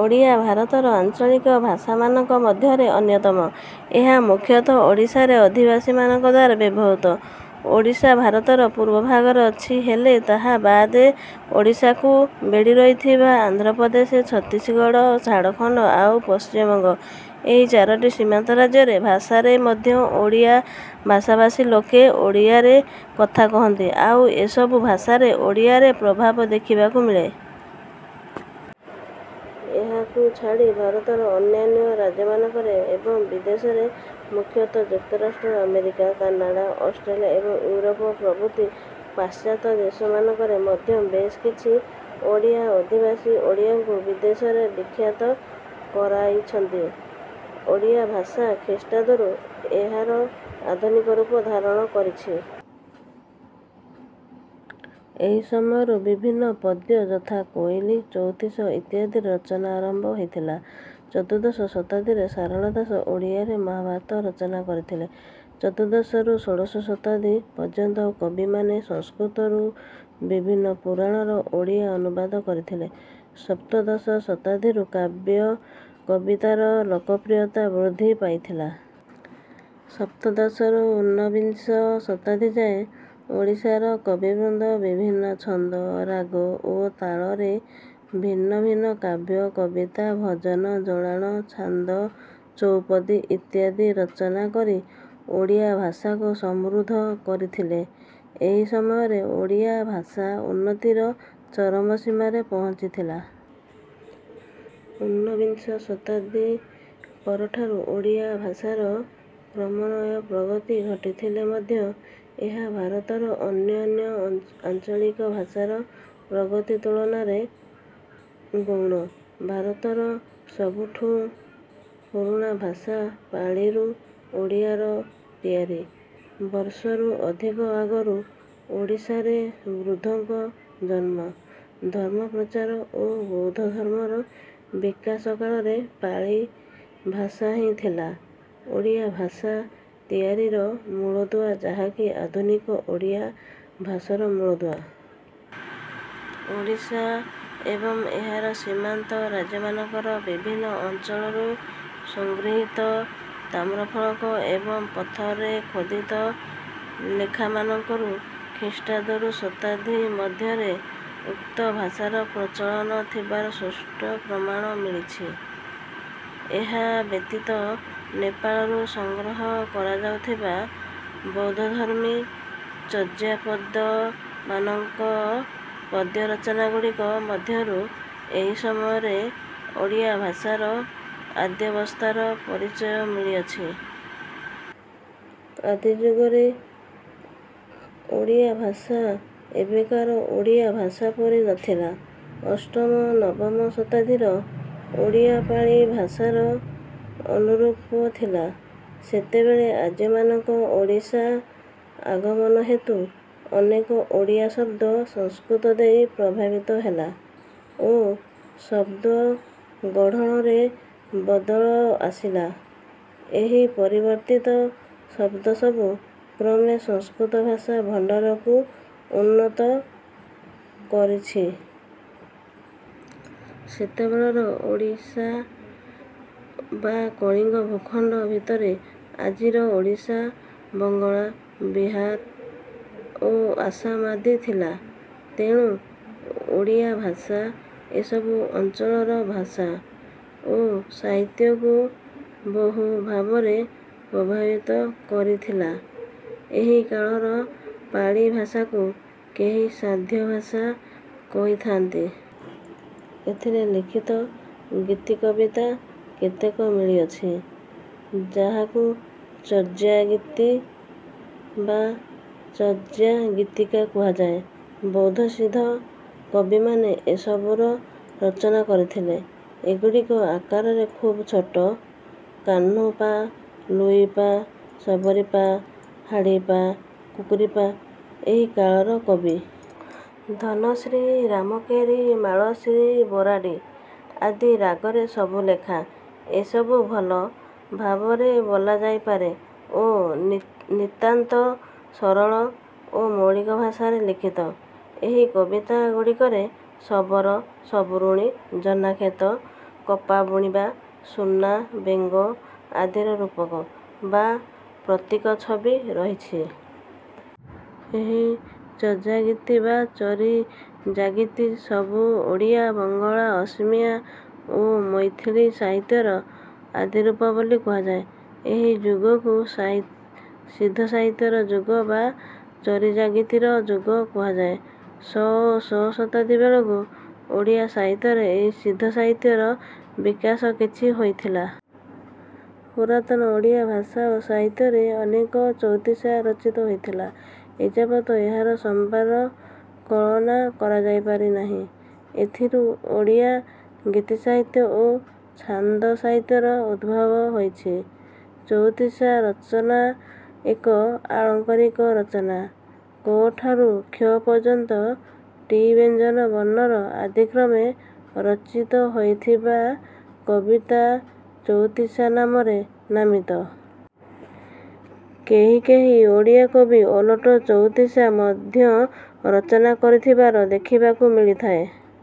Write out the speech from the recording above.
ଓଡ଼ିଆ ଭାରତର ଆଞ୍ଚଳିକ ଭାଷାମାନଙ୍କ ମଧ୍ୟରେ ଅନ୍ୟତମ। ଏହା ମୁଖ୍ୟତଃ ଓଡ଼ିଶାର ଅଧିବାସୀମାନଙ୍କଦ୍ୱାରା ବ୍ୟବହୃତ। ଓଡ଼ିଶା ଭାରତର ପୂର୍ବାଭାଗରେ ଅଛି। ହେଲେ ତା ବାଦେ ଓଡ଼ିଶାକୁ ବେଢ଼ିରହିଥିବା ଆନ୍ଧ୍ର ପ୍ରଦେଶ, ଛତିଶଗଡ଼, ଝାଡ଼ଖଣ୍ଡ ଆଉ ପଶ୍ଚିମବଙ୍ଗ ଏହି ଚାରୋଟି ସୀମାନ୍ତରାଜ୍ୟର ଭାଷାରେ ମଧ୍ୟ ଓଡ଼ିଆ ଭାଷାଭାସୀ ଲୋକେ ଓଡ଼ିଆରେ କଥା କହନ୍ତି ଆଉ ଏସବୁ ଭାଷାରେ ଓଡ଼ିଆରେ ପ୍ରଭାବ ଦେଖିବାକୁ ମିଳେ। ଏହାକୁ ଛାଡ଼ି ଭାରତର ଅନ୍ୟାନ୍ୟ ରାଜ୍ୟମାନଙ୍କରେ, ଏବଂ ବିଦେଶରେ ମୁଖ୍ୟତଃ ଯୁକ୍ତରାଷ୍ଟ୍ର ଆମେରିକା, କାନାଡ଼ା, ଅଷ୍ଟ୍ରେଲିଆ ଏବଂ ଇଉରୋପ ପ୍ରଭୃତି ପାଶ୍ଚତ୍ୟ ଦେଶମାନଙ୍କରେ ମଧ୍ୟ ବେଶ କିଛି ଓଡ଼ିଆ ଅଧିବାସୀ ଓଡ଼ିଆକୁ ବିଦେଶରେ ବି ଖ୍ୟାତ କରାଇଛନ୍ତି। ଓଡ଼ିଆ ଭାଷା ଖ୍ରୀଷ୍ଟାବ୍ଦ ରୁ ଏହାର ଆଧୁନିକ ରୂପ ଧାରଣ କରିଛି। ଏହି ସମୟରୁ ବିଭିନ୍ନ ପଦ୍ୟ ଯଥା କୋଇଲି, ଚଉତିଶା ଇତ୍ୟାଦିର ରଚନା ଆରମ୍ଭ ହୋଇଥିଲା। ଚତୁର୍ଦ୍ଦଶ ଶତାବ୍ଦୀରେ ସାରଳା ଦାସ ଓଡ଼ିଆରେ ମହାଭାରତ ରଚନା କରିଥିଲେ। ଚତୁର୍ଦ୍ଦଶରୁ ଷୋଡଶ ଶତାବ୍ଦୀ ପର୍ଯ୍ୟନ୍ତ କବିମାନେ ସଂସ୍କୃତରୁ ବିଭିନ୍ନ ପୁରାଣର ଓଡ଼ିଆ ଅନୁବାଦ କରିଥିଲେ। ସପ୍ତଦଶ ଶତାବ୍ଦୀରୁ କାବ୍ୟ କବିତାର ଲୋକପ୍ରିୟତା ବୃଦ୍ଧି ପାଇଥିଲା। ସପ୍ତଦଶରୁ ଉନ୍ନବିଂଶ ଶତାବ୍ଦୀ ଯାଏଁ ଓଡ଼ିଶାର କବିବୃନ୍ଦ ବିଭିନ୍ନ ଛନ୍ଦ, ରାଗ ଓ ତାଳରେ ଭିନ୍ନ ଭିନ୍ନ କାବ୍ୟ, କବିତା, ଭଜନ, ଜଣାଣ, ଛାନ୍ଦ, ଚଉପଦୀ ଇତ୍ୟାଦି ରଚନା କରି ଓଡ଼ିଆ ଭାଷାକୁ ସମୃଦ୍ଧ କରିଥିଲେ। ଏହି ସମୟରେ ଓଡ଼ିଆ ଭାଷା ଉନ୍ନତିର ଚରମ ସୀମାରେ ପହଞ୍ଚିଥିଲା। ଉନ୍ନବିଂଶ ଶତାବ୍ଦୀ ପରଠାରୁ ଓଡ଼ିଆ ଭାଷାର କ୍ରମନ୍ୱୟ ପ୍ରଗତି ଘଟିଥିଲେ ମଧ୍ୟ ଏହା ଭାରତର ଅନ୍ୟାନ୍ୟ ଆଞ୍ଚଳିକ ଭାଷାର ପ୍ରଗତି ତୁଳନାରେ ଗୌଣ। ଭାରତର ସବୁଠୁ ପୁରୁଣା ଭାଷା ପାଳିରୁ ଓଡ଼ିଆର ତିଆରି। ବର୍ଷରୁ ଅଧିକ ଆଗରୁ ଓଡ଼ିଶାରେ ବୁଦ୍ଧଙ୍କ ଜନ୍ମ, ଧର୍ମପ୍ରଚାର ଓ ବୌଦ୍ଧ ଧର୍ମର ବିକାଶ କାଳରେ ପାଳି ଭାଷା ହିଁ ଥିଲା ଓଡ଼ିଆ ଭାଷା ତିଆରିର ମୂଳଦୁଆ ଯାହାକି ଆଧୁନିକ ଓଡ଼ିଆ ଭାଷାର ମୂଳଦୁଆ। ଓଡ଼ିଶା ଏବଂ ଏହାର ସୀମାନ୍ତ ରାଜ୍ୟମାନଙ୍କର ବିଭିନ୍ନ ଅଞ୍ଚଳରୁ ସଂଗୃହୀତ ତାମ୍ରଫଳକ ଏବଂ ପଥରରେ ଖୋଦିତ ଲେଖାମାନଙ୍କରୁ ଖ୍ରୀଷ୍ଟାବ୍ଦ ରୁ ଶତାବ୍ଦୀ ମଧ୍ୟରେ ଉକ୍ତ ଭାଷାର ପ୍ରଚଳନ ଥିବାର ସ୍ୱଷ୍ଟ ପ୍ରମାଣ ମିଳିଛି। ଏହା ବ୍ୟତୀତ ନେପାଳରୁ ସଂଗ୍ରହ କରାଯାଇଥିବା ବୌଦ୍ଧଧର୍ମୀ ଚର୍ଯାପଦମାନଙ୍କ ପଦ୍ୟରଚନାଗୁଡ଼ିକ ମଧ୍ୟରୁ ଏହି ସମୟରେ ଓଡ଼ିଆ ଭାଷାର ଆଦ୍ୟାବସ୍ଥାର ପରିଚୟ ମିଳିଅଛି। ଆଦିଯୁଗରେ ଓଡ଼ିଆ ଭାଷା ଏବେକାର ଓଡ଼ିଆ ଭାଷା ପରି ନଥିଲା। ଅଷ୍ଟମ-ନବମ ଶତାବ୍ଦୀର ଓଡ଼ିଆ ପାଳି ଭାଷାର ଅନୁରୂପ ଥିଲା। ସେତେବେଳେ ଆର୍ଯ୍ୟମାନଙ୍କ ଓଡ଼ିଶା ଆଗମନ ହେତୁ ଅନେକ ଓଡ଼ିଆ ଶବ୍ଦ ସଂସ୍କୃତ ଦେଇ ପ୍ରଭାବିତ ହେଲା ଓ ଶବ୍ଦ ଗଢଣରେ ବଦଳ ଆସିଲା। ଏହି ପରିବର୍ତ୍ତିତ ଶବ୍ଦସବୁ କ୍ରମେ ସଂସ୍କୃତ ଭାଷା ଭଣ୍ଡାରକୁ ଉନ୍ନତ କରିଛି। ସେତେବେଳର ଓଡ଼ିଶା ବା କଳିଙ୍ଗ ଭୂଖଣ୍ଡ ଭିତରେ ଆଜିର ଓଡ଼ିଶା, ବଙ୍ଗଳା, ବିହାର ଓ ଆସାମ ଆଦି ଥିଲା, ତେଣୁ ଓଡ଼ିଆ ଭାଷା ଏସବୁ ଅଞ୍ଚଳର ଭାଷା ଓ ସାହିତ୍ୟକୁ ବହୁ ଭାବରେ ପ୍ରଭାବିତ କରିଥିଲା। ଏହି କାଳର ପାଳି ଭାଷାକୁ କେହି ସାନ୍ଧ୍ୟ ଭାଷା କହିଥାନ୍ତି। ଏଥିରେ ଲିଖିତ ଗୀତିକବିତା କେତେକ ମିଳିଅଛି ଯାହାକୁ ଚର୍ଯାଗୀତି ବା ଚର୍ଯାଗୀତିକା କୁହାଯାଏ। ବୌଦ୍ଧ ସିଦ୍ଧ କବିମାନେ ଏସବୁର ରଚନା କରିଥିଲେ। ଏଗୁଡ଼ିକ ଆକାରରେ ଖୁବ ଛୋଟ। କାହ୍ନୁ ପା, ଲୁଇ ପା, ସବରି ପା, ହାଡି ପା, କୁକୁରି ପା ଏହି କାଳର କବି। ଧନାଶ୍ରୀ, ରାମକେରି, ମାଳଶ୍ରୀ, ବରାଡ଼ି ଆଦି ରାଗରେ ଏସବୁ ଲେଖା। ଏସବୁ ଭଲ ଭାବରେ ବୋଲାଯାଇପାରେ ଓ ନିତାନ୍ତ ସରଳ ଓ ମୌଳିକ ଭାଷାରେ ଲିଖିତ। ଏହି କବିତା ଗୁଡ଼ିକରେ ଶବର, ଶବରୁଣୀ, ଜହ୍ନାକ୍ଷେତ, କପାବୁଣିବା, ସୁନା, ବେଙ୍ଗ ଆଦିର ରୂପକ ବା ପ୍ରତୀକ ଛବି ରହିଛି। ଏହି ଚର୍ଯାଗୀତି ବା ଚରିଜାଗିତିସବୁ ଓଡ଼ିଆ, ବଙ୍ଗଳା, ଅସିମିଆ ଓ ମୈଥିଳି ସାହିତ୍ୟର ଆଦିରୂପ ବୋଲି କୁହାଯାଏ। ଏହି ଯୁଗକୁ ସିଦ୍ଧସାହିତ୍ୟର ଯୁଗ ବା ଚରିଜାଗିତିର ଯୁଗ କୁହାଯାଏ। ଶ ଓ ଶ ଶତାବ୍ଦୀ ବେଳକୁ ଓଡ଼ିଆ ସାହିତ୍ୟରେ ଏହି ସିଦ୍ଧସାହିତ୍ୟର ବିକାଶ କିଛି ହୋଇଥିଲା। ପୁରାତନ ଓଡ଼ିଆ ଭାଷା ଓ ସାହିତ୍ୟରେ ଅନେକ ଚଉତିଶା ରଚିତ ହୋଇଥିଲା। ଏଯାବତ ଏହାର ସମ୍ଭାର କଳନା କରାଯାଇପାରିନାହିଁ। ଏଥିରୁ ଓଡ଼ିଆ ଗୀତିସାହିତ୍ୟ ଓ ଛାନ୍ଦ ସାହିତ୍ୟର ଉଦ୍ଭବ ହୋଇଛି। ଚଉତିଶା ରଚନା ଏକ ଆଳଙ୍କରିକ ରଚନା। କଠାରୁ କ୍ଷ ପର୍ଯ୍ୟନ୍ତ ଟି ବ୍ୟଞ୍ଜନ ବର୍ଣ୍ଣର ଆଦିକ୍ରମରେ ରଚିତ ହୋଇଥିବା କବିତା ଚଉତିଶା ନାମରେ ନାମିତ। କେହି କେହି ଓଡ଼ିଆ କବି ଓଲଟ ଚଉତିଶା ମଧ୍ୟ ରଚନା କରିଥିବାର ଦେଖିବାକୁ ମିଳିଥାଏ।